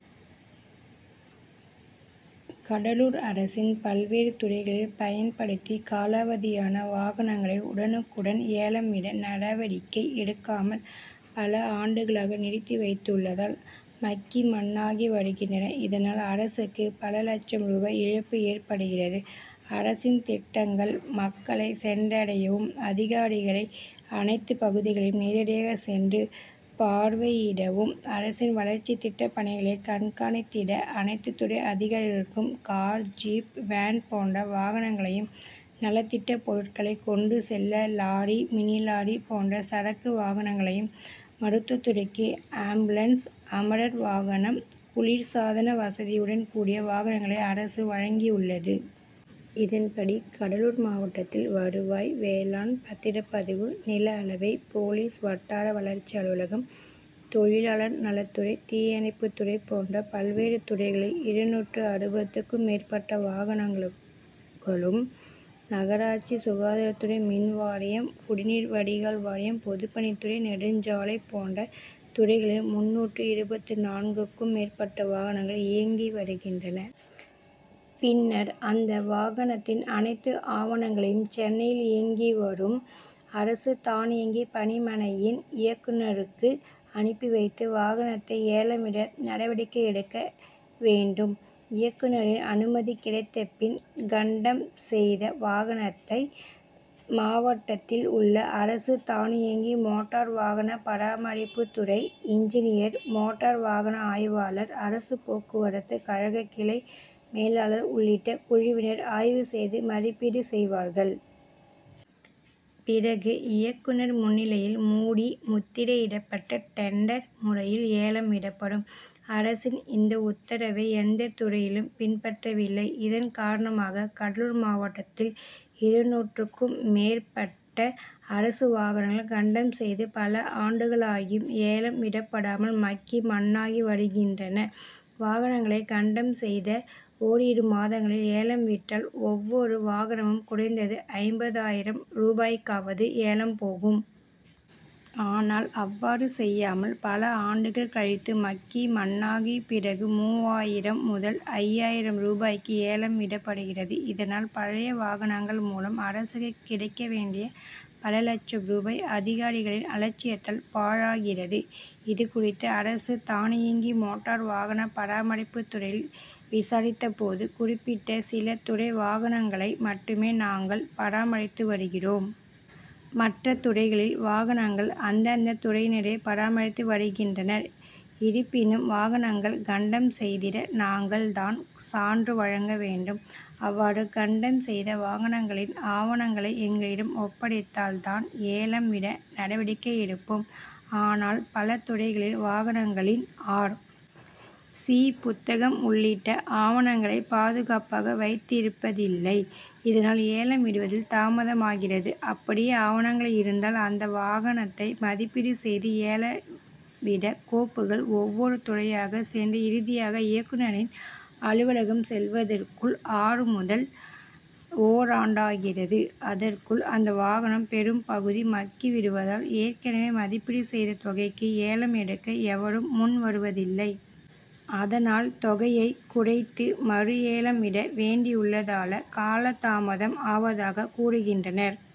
கடலூர் அரசின் பல்வேறு துறைகளில் பயன்படுத்தி காலாவதியான வாகனங்களை உடனுக்குடன் ஏலம் விட நடவடிக்கை எடுக்காமல் பல ஆண்டுகளாக நிறுத்தி வைத்துள் ளதால் மக்கி மண்ணாகி வருகின்றன. இதனால் அரசுக்கு பல லட்சம் ரூபாய் இழப்பு ஏற்படுகிறது. அரசின் திட்டங்கள் மக்களை சென்றடையவும், அதிகாரிகள அனைத்து பகுதிகளையும் நேரடியாக சென்று பார் வையிடவும், அரசின் வளர்ச்சி திட்ட பணிகளை கண்காணித்திட அனைத்து துறை அதிகாரிகளுக்கும் கார், ஜீப், வேன் போன்ற வாகனங்களையும், நலத்திட்ட பொருட்களை கொண்டு செல்ல லாரி, மினிலாரி போன்ற சரக்கு வாகனங்களையும், மருத் துவத் துறைக்கு ஆம்புலன்ஸ், அமரர் வாகனம், குளிர் சாதன வசதியுடன் கூடிய வாகனங்களை அரசு வழங்கியுள்ளது. இதன்படி கடலூர் மாவட்டத்தில் வருவாய், வேளாண், பத்திரப்பதிவு, நில அளவை, போலீஸ், வட்டார வளர்ச்சி அலுவலகம், தொழிலாளர் நலத் துறை, தீயணைப்புத்துறை போன்ற பல்வேறு துறைகளில் இருநூற்று அறுபதுக்கும் மேற்பட்ட வாகனங்களும், நகராட்சி, சுகாதாரத் துறை, மின் வாரியம், குடிநீர் வடிகால் வாரியம், பொதுப்பணித் துறை, நெடுஞ்சாலை போன்ற துறைகளில் முந்நூற்று இருபத்து நான்குக்கும் மேற்பட்ட வாகனங் கள் இயங்கி வருகின்றன. பின்னர் அந்த வாகனத்தின் அனைத்து ஆவணங்களையும் சென்னையில் இயங்கி வரும் அரசு தானியங்கி பணிமனையின் இயக்குனருக்கு அனுப்பி வைத்து வாகனத்தை ஏலம் விட நடவடிக்கை எடுக்க வேண்டும். இயக்குனரின் அனுமதி கிடைத்த பின் கண்டம் செய்த வாகனத்தை மாவட்டத்தில் உள்ள அரசு தானியங்கி மோட்டார் வாகன பராமரிப்பு துறை இன்ஜினியர், மோட்டார் வாகன ஆய்வாளர், அரசு போக்குவரத்து கழக கிளை மேலாளர் உள்ளிட்ட குழுவினர் ஆய்வு செய்து மதிப்பீடு செய்வார்கள். பிறகு இயக்குனர் முன்னிலையில் மூடி முத்திரையிட்ட டெண்டர் முறையில் ஏலம் விடப்படும். அரசின் இந்த உத்தரவை எந்த துறையிலும் பின்பற்றவில்லை. இதன் காரணமாக கடலூர் மாவட்டத்தில் இருநூறுக்கும் மேற்பட்ட அரசு வாகனங்கள் கண்டம் செய்து பல ஆண்டுகளாகியும் ஏலம் விடப்படாமல் மக்கி மண்ணாகி வருகின்றன. வாகனங்களை கண்டம் செய்த ஓரிரு மாதங்களில் ஏலம் விட்டால் ஒவ்வொரு வாகனமும் குறைந்தது ஐம்பதாயிரம் ரூபாய்க்காவது ஏலம் போகும். ஆனால் அவ்வாறு செய்யாமல் பல ஆண்டுகள் கழித்து மக்கி மண்ணாகிய பிறகு மூவாயிரம் முதல் ஐயாயிரம் ரூபாய்க்கு ஏலம் விடப்படுகிறது. இதனால் பழைய வாகனங்கள் மூலம் அரசுக்கு கிடைக்க வேண்டிய பல லட்சம் ரூபாய் அதிகாரிகளின் அலட்சியத்தால் பாழாகிறது. இதுகுறித்து அரசு தானியங்கி மோட்டார் வாகன பராமரிப்பு துறையில் விசாரித்த போது, குறிப்பிட்ட சில துறை வாகனங்களை மட்டுமே நாங்கள் பராமரித்து வருகிறோம். மற்ற துறைகளின் வாகனங்கள் அந்தந்த துறையினரே பராமரித்து வருகின்றனர். இருப்பினும் வாகனங்கள் கண்டம் செய்திட நாங்கள் தான் சான்று வழங்க வேண்டும். அவ்வாறு கண்டம் செய்த வாகனங்களின் ஆவணங்களை எங்களிடம் ஒப்படைத்தால் தான் ஏலம் விட நடவடிக்கை எடுப்போம். ஆனால் பல துறைகளில் வாகனங்களின் ஆர். சி. புத்தகம் உள்ளிட்ட ஆவணங்களை பாதுகாப்பாக வைத்திருப் பதில்லை. இதனால் ஏலம் விடுவதில் தாமதமாகிறது. அப்படியே ஆவணங்கள் இருந்தால் அந்த வாகனத்தை மதிப்பீடு செய்து ஏலம் விட கோப்புகள் ஒவ்வொரு துறையாக சென்று இறுதியாக இயக்குனரின் அலுவலகம் செல்வதற்குள் ஆறு முதல் ஓராண்டாகிறது. அதற்குள் அந்த வாகனம் பெரும் பகுதி மக்கி விடுவதால் ஏற்கனவே மதிப்பீடு செய்த தொகைக்கு ஏலம் எடுக்க எவரும் முன் வருவதில்லை. அதனால் தொகையை குறைத்து மறு ஏலம் விட வேண்டியுள்ளதால காலதாமதம் ஆவதாக கூறுகின்றனர்.